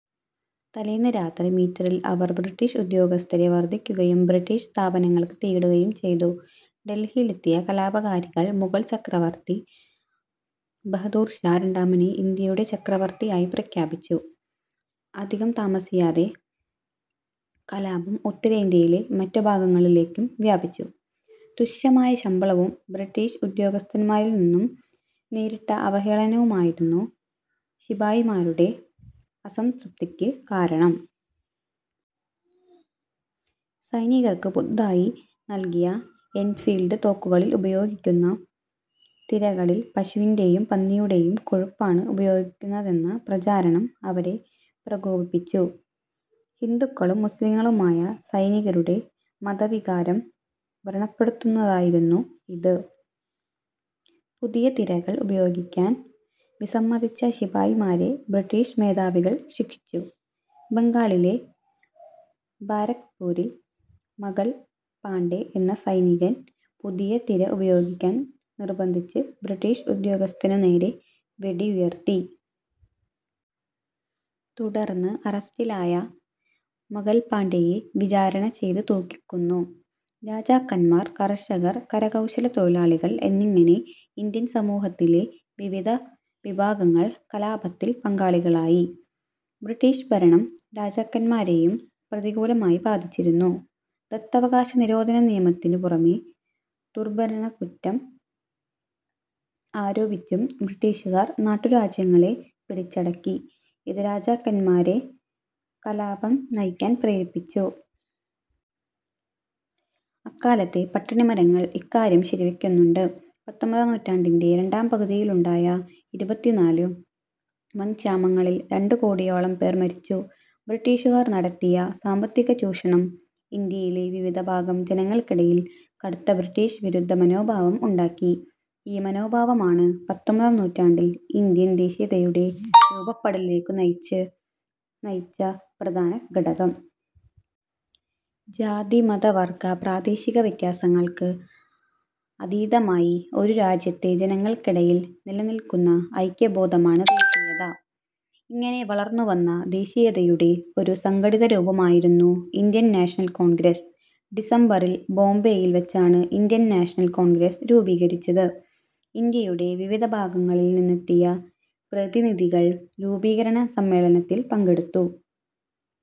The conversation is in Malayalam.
തലേന്ന് രാത്രി മീററ്റിൽ അവർ ബ്രിട്ടീഷ് ഉദ്യോഗസ്ഥരെ വധിക്കുകയും ബ്രിട്ടീഷ് സ്ഥാപനങ്ങൾക്ക് തീയിടുകയും ചെയ്തു. ഡൽഹിയിലെത്തിയ കലാപകാരികൾ മുഗൾ ചക്രവർത്തി ബഹദൂർഷാ രണ്ടാമനെ ഇന്ത്യയുടെ ചക്രവർത്തിയായി പ്രഖ്യാപിച്ചു. അധികം താമസിയാതെ കലാപം ഉത്തരേന്ത്യയിലെ മറ്റു ഭാഗങ്ങളിലേക്കും വ്യാപിച്ചു. തുച്ഛമായ ശമ്പളവും ബ്രിട്ടീഷ് ഉദ്യോഗസ്ഥന്മാരിൽനിന്നു നേരിട്ട അവഹേളനവുമായിരുന്നു ശിപായിമാരുടെ അസംതൃപിക്ക് കാരണം. സൈനികർക്ക് പുതുതായി നൽകിയ എൻഫീൽഡ് തോക്കുകളിൽ ഉപയോഗിക്കുന്ന തിരകളിൽ പശുവിന്റെയും പന്നിയുടെയും കൊഴുപ്പാണ് ഉപയോഗിക്കുന്നതെന്ന പ്രചാരണം അവരെ പ്രകോപിപ്പിച്ചു. ഹിന്ദുക്കളും മുസ്ലിംകളുമായ സൈനികരുടെ മതവികാരം വ്രണപ്പെടുത്തുന്നതായിരുന്നു ഇത്. പുതിയ തിരകൾ ഉപയോഗിക്കാൻ വിസമ്മതിച്ച ശിപായിമാരെ ബ്രിട്ടീഷ് മേധാവികൾ ശിക്ഷിച്ചു. ബംഗാളിലെ ബാരക്പൂരിൽ മംഗൽ പാണ്ഡെ എന്ന സൈനികൻ പുതിയ തിര ഉപയോഗിക്കാൻ നിർബന്ധിച്ച് ബ്രിട്ടീഷ് ഉദ്യോഗസ്ഥനുനേരെ വെടിയുതിർത്തു. തുടർന്ന് അറസ്റ്റിലായ മംഗൽപാണ്ഡെയെ വിചാരണ ചെയ്ത് തൂക്കിക്കൊന്നു. രാജാക്കന്മാർ, കർഷകർ, കരകൗശലത്തൊഴിലാളികൾ എന്നിങ്ങനെ ഇന്ത്യൻ സമൂഹത്തിലെ വിവിധ വിഭാഗങ്ങൾ കലാപത്തിൽ പങ്കാളികളായി. ബ്രിട്ടീഷ് ഭരണം രാജാക്കന്മാരെയും പ്രതികൂലമായി ബാധിച്ചിരുന്നു. ദത്തവകാശ നിരോധന നിയമത്തിനുപുറമെ ദുർഭരണക്കുറ്റം ആരോപിച്ചും ബ്രിട്ടീഷുകാർ നാട്ടു രാജ്യങ്ങളെ പിടിച്ചടക്കി. ഇത് രാജാക്കന്മാരെ കലാപം നയിക്കാൻ പ്രേരിപ്പിച്ചു. അക്കാലത്തെ പട്ടിണിമരണങ്ങൾ ഇക്കാര്യം ശരിവയ്ക്കുന്നുണ്ട്. പത്തൊമ്പതാം നൂറ്റാണ്ടിന്റെ രണ്ടാംപകുതിയിലുണ്ടായ ഇരുപത്തിനാല് വൻ ക്ഷാമങ്ങളിൽ രണ്ടു കോടിയോളം പേർ മരിച്ചു. ബ്രിട്ടീഷുകാർ നടത്തിയ സാമ്പത്തികചൂഷണം ഇന്ത്യയിലെ വിവിധ വിഭാഗം ജനങ്ങൾക്കിടയിൽ കടുത്ത ബ്രിട്ടീഷ് വിരുദ്ധ മനോഭാവം ഉണ്ടാക്കി. ഈ മനോഭാവമാണ് പത്തൊമ്പതാം നൂറ്റാണ്ടിൽ ഇന്ത്യൻ ദേശീയതയുടെ രൂപപ്പെടലിലേക്കു നയിച്ച് പ്രധാന ഘടകം. ജാതി-മത- വർഗ-പ്രാദേശിക വ്യത്യാസങ്ങൾക്ക് അതീതമായി ഒരു രാജ്യത്തെ ജനങ്ങൾക്കിടയിൽ നിലനിൽക്കുന്ന ഐക്യ ബോധമാണ് ദേശീയത. ഇങ്ങനെ വളർന്നുവന്ന ദേശീയതയുടെ ഒരു സംഘടിതരൂപമായിരുന്നു ഇന്ത്യൻ നാഷണൽ കോൺഗ്രസ്. ഡിസംബറിൽ ബോംബെയിൽ വെച്ചാണ് ഇന്ത്യൻ നാഷണൽ കോൺഗ്രസ് രൂപീകരിച്ചത്. ഇന്ത്യയുടെ വിവിധ ഭാഗങ്ങളിൽ നിന്നെത്തിയ പ്രതിനിധികൾ രൂപീകരണ സമ്മേളനത്തിൽ പങ്കെടുത്തു.